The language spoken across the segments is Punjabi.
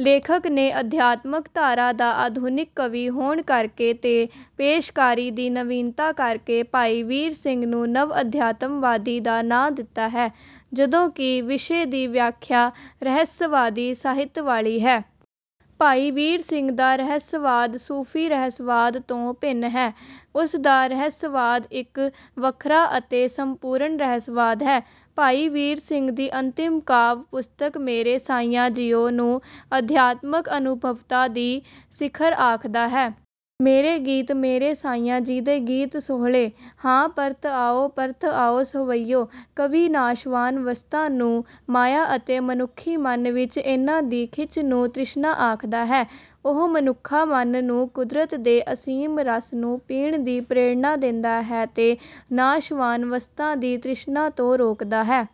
ਲੇਖਕ ਨੇ ਅਧਿਆਤਮਕ ਧਾਰਾ ਦਾ ਆਧੁਨਿਕ ਕਵੀ ਹੋਣ ਕਰ ਕੇ ਤੇ ਪੇਸ਼ਕਾਰੀ ਦੀ ਨਵੀਨਤਾ ਕਰ ਕੇ ਭਾਈ ਵੀਰ ਸਿੰਘ ਨੂੰ ਨਵ ਅਧਿਆਤਮਵਾਦੀ ਦਾ ਨਾਂ ਦਿੱਤਾ ਹੈ। ਜਦੋਂ ਕਿ ਵਿਸ਼ੇ ਦੀ ਵਿਆਖਿਆ ਰਹੱਸਵਾਦੀ ਸਾਹਿਤ ਵਾਲੀ ਹੈ। ਭਾਈ ਵੀਰ ਸਿੰਘ ਦਾ ਰਹੱਸਵਾਦ ਸੂਫੀ ਰਹੱਸਵਾਦ ਤੋਂ ਭਿੰਨ ਹੈ ਉਸ ਦਾ ਰਹੱਸਵਾਦ ਇੱਕ ਵੱਖਰਾ ਅਤੇ ਸੰਪੂਰਨ ਰਹੱਸਵਾਦ ਹੈ। ਭਾਈ ਵੀਰ ਸਿੰਘ ਦੀ ਅੰਤਿਮ ਕਾਵਿ ਪੁਸਤਕ ਮੇਰੇ ਸਾਈਆਂ ਜੀਓ ਨੂੰ ਅਧਿਆਤਮਕ ਅਨੁਭਵਤਾ ਦੀ ਸਿਖਰ ਆਖਦਾ ਹੈ। ਮੇਰੇ ਗੀਤ ਮੇਰੇ ਸਾਈਆਂ ਜੀ ਦੇ ਗੀਤ ਸੋਹਲੇ। ਹਾਂ ਪਰਤ ਆਉ ਪਰਤ ਆਉ ਸੁਹਵਿਉ। ਕਵੀ ਨਾਸ਼ਵਾਨ ਵਸਤਾਂ ਨੂੰ ਮਾਇਆ ਅਤੇ ਮਨੁੱਖੀ ਮਨ ਵਿੱਚ ਇਹਨਾਂ ਦੀ ਖਿੱਚ ਨੂੰ ਤ੍ਰਿਸ਼ਨਾ ਆਖਦਾ ਹੈ। ਉਹ ਮਨੁੱਖਾ ਮਨ ਨੂੰ ਕੁਦਰਤ ਦੇ ਅਸੀਮ ਰਸ ਨੂੰ ਪੀਣ ਦੀ ਪ੍ਰੇਰਨਾ ਦਿੰਦਾ ਹੈ ਤੇ ਨਾਸ਼ਵਾਨ ਵਸਤਾਂ ਦੀ ਤ੍ਰਿਸ਼ਨਾ ਤੋਂ ਰੋਕਦਾ ਹੈ।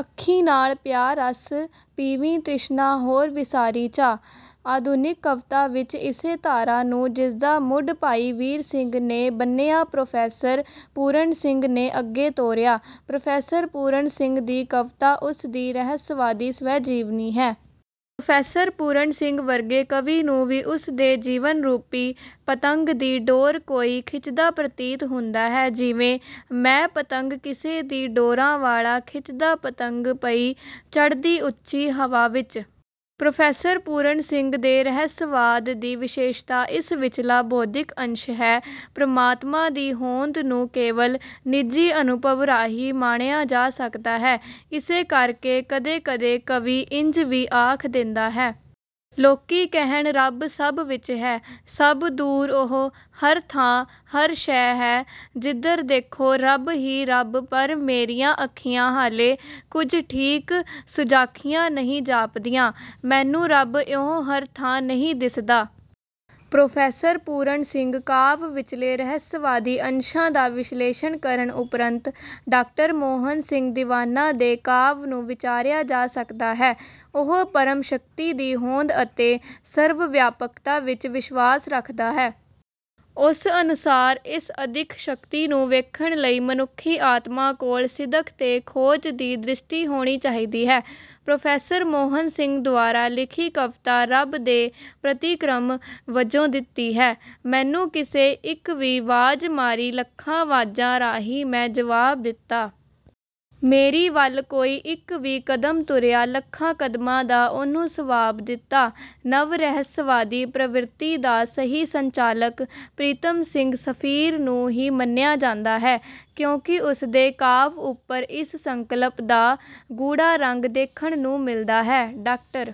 ਅੱਖੀਂ ਨਾਲ ਪਿਆ ਰਸ ਪੀਵੀਂ ਤ੍ਰਿਸ਼ਨਾ ਹੋਰ ਵਿਸਾਰੀ ਚਾ। ਆਧੁਨਿਕ ਕਵਿਤਾ ਵਿੱਚ ਇਸੇ ਧਾਰਾ ਨੂੰ ਜਿਸਦਾ ਮੁੱਢ ਭਾਈ ਵੀਰ ਸਿੰਘ ਨੇ ਬੰਨ੍ਹਿਆ ਪ੍ਰੋਫੈਸਰ ਪੂਰਨ ਸਿੰਘ ਨੇ ਅੱਗੇ ਤੋਰਿਆ। ਪ੍ਰੋਫੈਸਰ ਪੂਰਨ ਸਿੰਘ ਦੀ ਕਵਿਤਾ ਉਸ ਦੀ ਰਹੱਸਵਾਦੀ ਸਵੈਜੀਵਨੀ ਹੈ। ਪ੍ਰੋਫੈਸਰ ਪੂਰਨ ਸਿੰਘ ਵਰਗੇ ਕਵੀ ਨੂੰ ਵੀ ਉਸ ਦੇ ਜੀਵਨ ਰੂਪੀ ਪਤੰਗ ਦੀ ਡੋਰ ਕੋਈ ਖਿੱਚਦਾ ਪ੍ਰਤੀਤ ਹੁੰਦਾ ਹੈ ਜਿਵੇਂ। ਮੈਂ ਪਤੰਗ ਕਿਸੇ ਦੀ ਡੋਰਾਂ ਵਾਲਾ ਖਿੱਚਦਾ ਪਤੰਗ ਪਈ ਚੜ੍ਹਦੀ ਉਚੀ ਹਵਾ ਵਿਚ। ਪ੍ਰੋਫੈਸਰ ਪੂਰਨ ਸਿੰਘ ਦੇ ਰਹੱਸਵਾਦ ਦੀ ਵਿਸ਼ੇਸ਼ਤਾ ਇਸ ਵਿਚਲਾ ਬੌਧਿਕ ਅੰਸ਼ ਹੈ। ਪ੍ਰਮਾਤਮਾ ਦੀ ਹੋਂਦ ਨੂੰ ਕੇਵਲ ਨਿੱਜੀ ਅਨੁਭਵ ਰਾਹੀਂ ਮਾਣਿਆ ਜਾ ਸਕਦਾ ਹੈ। ਇਸੇ ਕਰ ਕੇ ਕਦੇ ਕਦੇ ਕਵੀ ਇੰਝ ਵੀ ਆਖ ਦਿੰਦਾ ਹੈ। ਲੋਕੀ ਕਹਿਣ ਰੱਬ ਸਭ ਵਿੱਚ ਹੈ ਸਭ ਦੂਰ ਉਹੋ ਹਰ ਥਾਂ ਹਰ ਸ਼ੈ ਹੈ ਜਿਧਰ ਦੇਖੋ ਰੱਬ ਹੀ ਰੱਬ ਪਰ ਮੇਰੀਆਂ ਅੱਖੀਆਂ ਹਾਲੇ ਕੁਝ ਠੀਕ ਸੁਜਾਖੀਆਂ ਨਹੀਂ ਜਾਪਦੀਆਂ। ਮੈਨੂੰ ਰੱਬ ਇਉਂ ਹਰ ਥਾਂ ਨਹੀਂ ਦਿਸਦਾ। ਪ੍ਰੋਫੈਸਰ ਪੂਰਨ ਸਿੰਘ ਕਾਵਿ ਵਿਚਲੇ ਰਹੱਸਵਾਦੀ ਅੰਸ਼ਾਂ ਦਾ ਵਿਸ਼ਲੇਸ਼ਣ ਕਰਨ ਉਪਰੰਤ ਡਾਕਟਰ ਮੋਹਨ ਸਿੰਘ ਦੀਵਾਨਾ ਦੇ ਕਾਵਿ ਨੂੰ ਵਿਚਾਰਿਆ ਜਾ ਸਕਦਾ ਹੈ। ਉਹ ਪਰਮ ਸ਼ਕਤੀ ਦੀ ਹੋਂਦ ਅਤੇ ਸਰਵਵਿਆਪਕਤਾ ਵਿੱਚ ਵਿਸ਼ਵਾਸ ਰੱਖਦਾ ਹੈ। ਉਸ ਅਨੁਸਾਰ ਇਸ ਅਦਿੱਖ ਸ਼ਕਤੀ ਨੂੰ ਵੇਖਣ ਲਈ ਮਨੁੱਖੀ ਆਤਮਾ ਕੋਲ ਸਿਦਕ ਤੇ ਖੋਜ ਦੀ ਦ੍ਰਿਸ਼ਟੀ ਹੋਣੀ ਚਾਹੀਦੀ ਹੈ। ਪ੍ਰੋਫੈਸਰ ਮੋਹਨ ਸਿੰਘ ਦੁਆਰਾ ਲਿਖੀ ਕਵਿਤਾ ਰੱਬ ਦੇ ਪ੍ਰਤੀਕ੍ਰਮ ਵਜੋਂ ਦਿੱਤੀ ਹੈ। ਮੈਨੂੰ ਕਿਸੇ ਇੱਕ ਵੀ ਵਾਜ ਮਾਰੀ ਲੱਖਾਂ ਵਾਜਾਂ ਰਾਹੀਂ ਮੈਂ ਜਵਾਬ ਦਿੱਤਾ। ਮੇਰੀ ਵੱਲ ਕੋਈ ਇੱਕ ਵੀ ਕਦਮ ਤੁਰਿਆ ਲੱਖਾਂ ਕਦਮਾਂ ਦਾ ਉਹਨੂੰ ਸਵਾਬ ਦਿੱਤਾ। ਨਵ ਰਹੱਸਵਾਦੀ ਪ੍ਰਵਿਰਤੀ ਦਾ ਸਹੀ ਸੰਚਾਲਕ ਪ੍ਰੀਤਮ ਸਿੰਘ ਸਫੀਰ ਨੂੰ ਹੀ ਮੰਨਿਆ ਜਾਂਦਾ ਹੈ। ਕਿਉਂਕਿ ਉਸ ਦੇ ਕਾਵਿ ਉੱਪਰ ਇਸ ਸੰਕਲਪ ਦਾ ਗੂੜਾ ਰੰਗ ਦੇਖਣ ਨੂੰ ਮਿਲਦਾ ਹੈ। ਡਾਕਟਰ